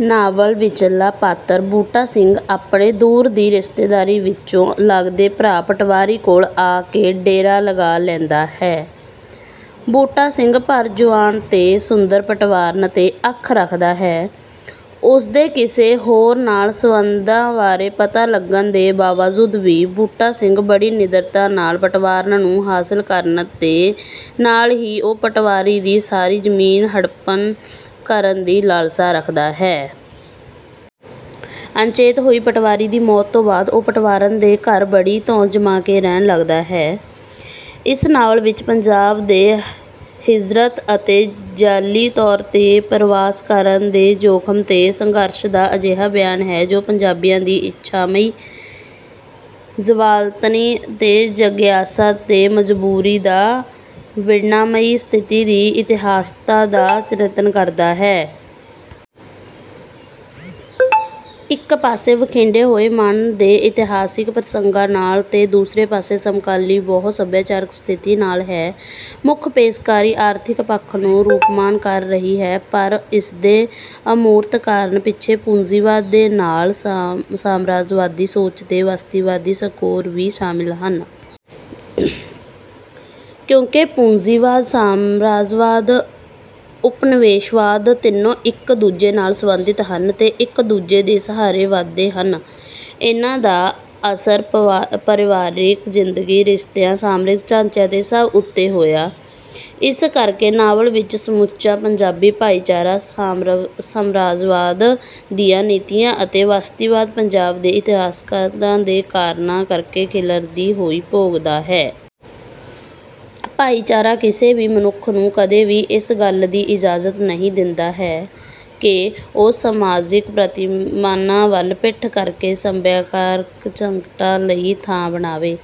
Novel ਵਿੱਚਲਾ ਪਾਤਰ ਬੂਟਾ ਸਿੰਘ ਆਪਣੇ ਦੂਰ ਦੀ ਰਿਸ਼ਤੇਦਾਰੀ ਵਿੱਚੋਂ ਲਗਦੇ ਭਰਾ ਪਟਵਾਰੀ ਕੋਲ ਆ ਕੇ ਡੇਰਾ ਲਗਾ ਲੈਂਦਾ ਹੈ। ਬੂਟਾ ਸਿੰਘ ਭਰ ਜੁਆਨ ਤੇ ਸੁੰਦਰ ਪਟਵਾਰਨ ਤੇ ਅੱਖ ਰੱਖਦਾ ਹੈ। ਉਸਦੇ ਕਿਸੇ ਹੋਰ ਨਾਲ ਸਬੰਧਾਂ ਬਾਰੇ ਪਤਾ ਲੱਗਣ ਦੇ ਬਾਵਜੂਦ ਵੀ ਬੂਟਾ ਸਿੰਘ ਬੜੀ ਨਿੱਡਰਤਾ ਨਾਲ ਪਟਵਾਰਨ ਨੂੰ ਹਾਸਲ ਕਰਨ ਤੇ ਨਾਲ ਹੀ ਉਹ ਪਟਵਾਰੀ ਦੀ ਸਾਰੀ ਜ਼ਮੀਨ ਹੜੱਪ ਕਰਨ ਦੀ ਲਾਲਸਾ ਰੱਖਦਾ ਹੈ। ਅਚਨਚੇਤ ਹੋਈ ਪਟਵਾਰੀ ਦੀ ਮੌਤ ਤੋਂ ਬਾਅਦ ਉਹ ਪਟਵਾਰਨ ਦੇ ਘਰ ਬੜੀ ਧੌਂਸ ਜਮਾ ਕੇ ਰਹਿਣ ਲੱਗਦਾ ਹੈ। ਇਸ ਨਾਵਲ ਵਿੱਚ ਪੰਜਾਬ ਤੋਂ ਹਿਜ਼ਰਤ ਸਮੇਂ ਜਾਅਲੀ ਤੌਰ ਤੇ ਪਰਵਾਸ ਕਰਨ ਦੇ ਜੋਖਮ ਤੇ ਸੰਘਰਸ਼ ਦਾ ਅਜਿਹਾ ਬਿਆਨ ਹੈ ਜੋ ਪੰਜਾਬੀਆਂ ਦੀ ਇੱਛਾਮਈ ਜਲਾਵਤਨੀ ਦੀ ਜਗਿਆਸਾ ਤੇ ਮਜ਼ਬੂਰੀ ਦੀ ਵਿੰਡਬਨਾਮਈ ਸਥਿਤੀ ਦੀ ਇਤਿਹਾਸਕਤਾ ਦਾ ਚਿਤਰਨ ਕਰਦਾ ਹੈ। ਇੱਕ ਪਾਸੇ ਵਿਖੰਡਿਆ ਹੋਏ ਮਨ ਦੇ ਇਤਿਹਾਸਕ ਪ੍ਰਸੰਗਾਂ ਨਾਲ ਤੇ ਦੂਸਰੇ ਪਾਸੇ ਸਮਕਾਲੀ ਬਹੁ ਸੱਭਿਆਚਾਰਕ ਸਥਿਤੀਆਂ ਨਾਲ ਹੈ। ਮੁੱਖ ਪੇਸ਼ਕਾਰੀ ਆਰਥਿਕ ਪੱਖ ਨੂੰ ਰੂਪਮਾਨ ਕਰ ਰਹੀ ਹੈ। ਪਰ ਇਸਦੇ ਅਮੂਰਤ ਕਾਰਨਾਂ ਪਿੱਛੇ ਪੂੰਜੀਵਾਦ ਦੇ ਨਾਲ ਸਾਮਰਾਜਵਾਦੀ ਸੋਚ ਤੇ ਬਸਤੀਵਾਦੀ ਸਰੋਕਾਰ ਵੀ ਸ਼ਾਮਿਲ ਹਨ। ਕਿਉਂਕਿ ਪੂੰਜੀਵਾਦ ਸਾਮਰਾਜਵਾਦ ਉਪਨਿਵੇਸ਼ਵਾਦ ਤਿੰਨੋ ਇੱਕ ਦੂਜੇ ਨਾਲ ਸੰਬੰਧਿਤ ਹਨ ਤੇ ਇੱਕ ਦੂਜੇ ਦੇ ਸਹਾਰੇ ਵਧਦੇ ਹਨ। ਇਨ੍ਹਾਂ ਦਾ ਅਸਰ ਪਰਿਵਾਰਕ ਜ਼ਿੰਦਗੀ ਰਿਸ਼ਤਿਆਂ ਸਮਾਜਿਕ ਢਾਂਚੇ ਤੇ ਸਭ ਉੱਤੇ ਹੋਇਆ। ਇਸ ਕਰਕੇ ਨਾਵਲ ਵਿੱਚ ਸਮੁੱਚਾ ਪੰਜਾਬੀ ਭਾਈਚਾਰਾ ਸਾਮਰਾਜਵਾਦ ਦੀਆਂ ਨੀਤੀਆਂ ਅਤੇ ਬਸਤੀਵਾਦੀ ਪੰਜਾਬ ਦੀ ਇਤਿਹਾਸਕਤਾ ਦੇ ਕਾਰਣਾਂ ਕਰਕੇ ਖਿਲਰਨ ਦੀ ਹੋਣੀ ਭੋਗਦਾ ਹੈ। ਭਾਈਚਾਰਾ ਕਿਸੇ ਵੀ ਮਨੁੱਖ ਨੂੰ ਕਦੇ ਵੀ ਇਸ ਗੱਲ ਦੀ ਇਜ਼ਾਜਤ ਨਹੀਂ ਦਿੰਦਾ ਕਿ ਉਹ ਸਮਾਜਿਕ ਪ੍ਰਤੀਮਾਨਾਂ ਵੱਲ ਪਿੱਠ ਕਰਕੇ ਸੱਭਿਆਚਾਰਕ ਸੰਕਟਾਂ ਲਈ ਥਾਂ ਬਣਾਵੇ।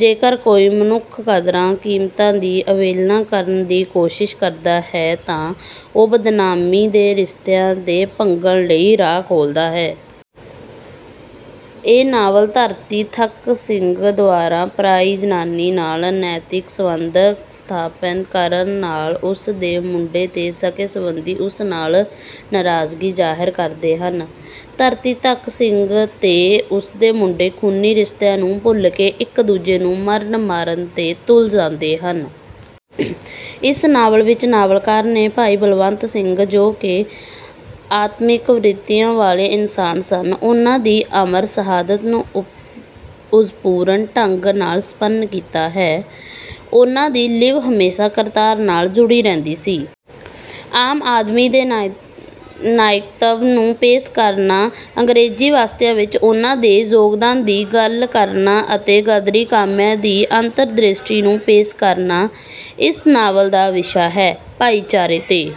ਜੇਕਰ ਕੋਈ ਮਨੁੱਖ ਕਦਰਾਂ ਕੀਮਤਾਂ ਦੀ ਅਵਹੇਲਨਾ ਕਰਨ ਦੀ ਕੋਸ਼ਿਸ ਕਰਦਾ ਹੈ ਤਾਂ ਉਹ ਬਦਨਾਮੀ ਤੇ ਰਿਸ਼ਤਿਆਂ ਦੇ ਭੰਗਣ ਲਈ ਰਾਹ ਖੋਲਦਾ ਹੈ। ਇਹ ਨਾਵਲ ਧਰਤੀ ਧੱਕ ਸਿੰਘ ਦੁਆਰਾ ਪਰਾਈ ਜਨਾਨੀ ਨਾਲ ਅਨੈਤਿਕ ਸਬੰਧ ਸਥਾਪਤ ਕਰਨ ਨਾਲ ਉਸ ਦੇ ਮੁੰਡੇ ਤੇ ਸਕੇ ਸੰਬੰਧੀ ਉਸ ਨਾਲ ਨਰਾਜ਼ਗੀ ਜਾਹਰ ਕਰਦੇ ਹਨ। ਧਰਤੀ ਧੱਕ ਸਿੰਘ ਤੇ ਉਸਦੇ ਮੁੰਡੇ ਖੂਨੀ ਰਿਸ਼ਤਿਆਂ ਨੂੰ ਭੁੱਲ ਕੇ ਇੱਕ ਦੂਜੇ ਨੂੰ ਮਰਨ ਮਾਰਨ ਤੇ ਤੁੱਲ ਜਾਂਦੇ ਹਨ। ਇਸ ਨਾਵਲ ਵਿੱਚ ਨਾਵਲਕਾਰ ਨੇ ਭਾਈ ਬਲਵੰਤ ਸਿੰਘ ਜੋ ਕਿ ਆਤਮਿਕ ਬ੍ਰਿਤੀਆਂ ਵਾਲੇ ਇਨਸਾਨ ਸਨ। ਉਨ੍ਹਾਂ ਦੀ ਅਮਰ ਸ਼ਹਾਦਤ ਨੂੰ ਓਜਪੂਰਨ ਢੰਗ ਨਾਲ ਸੰਪੰਨ ਕੀਤਾ ਹੈ। ਉਨ੍ਹਾਂ ਦੀ ਲਿਵ ਹਮੇਸ਼ਾ ਕਰਤਾਰ ਨਾਲ ਜੁੜੀ ਰਹਿੰਦੀ ਸੀ। ਆਮ ਆਦਮੀ ਦੇ ਨਾਇਕਤਵ ਨੂੰ ਪੇਸ਼ ਕਰਨਾ ਅੰਗਰੇਜ਼ੀ ਬਸਤੀਆਂ ਵਿੱਚ ਉਹਨਾਂ ਦੇ ਯੋਗਦਾਨ ਦੀ ਗੱਲ ਕਰਨਾ ਤੇ ਗਦਰੀ ਕਾਮਿਆਂ ਦੀ ਅੰਤਰ ਦ੍ਰਿਸ਼ਟੀ ਨੂੰ ਪੇਸ਼ ਕਰਨਾ ਇਸ ਨਾਵਲ ਦਾ ਵਿਸ਼ਾ ਹੈ। ਭਾਈਚਾਰੇ ਤੇ।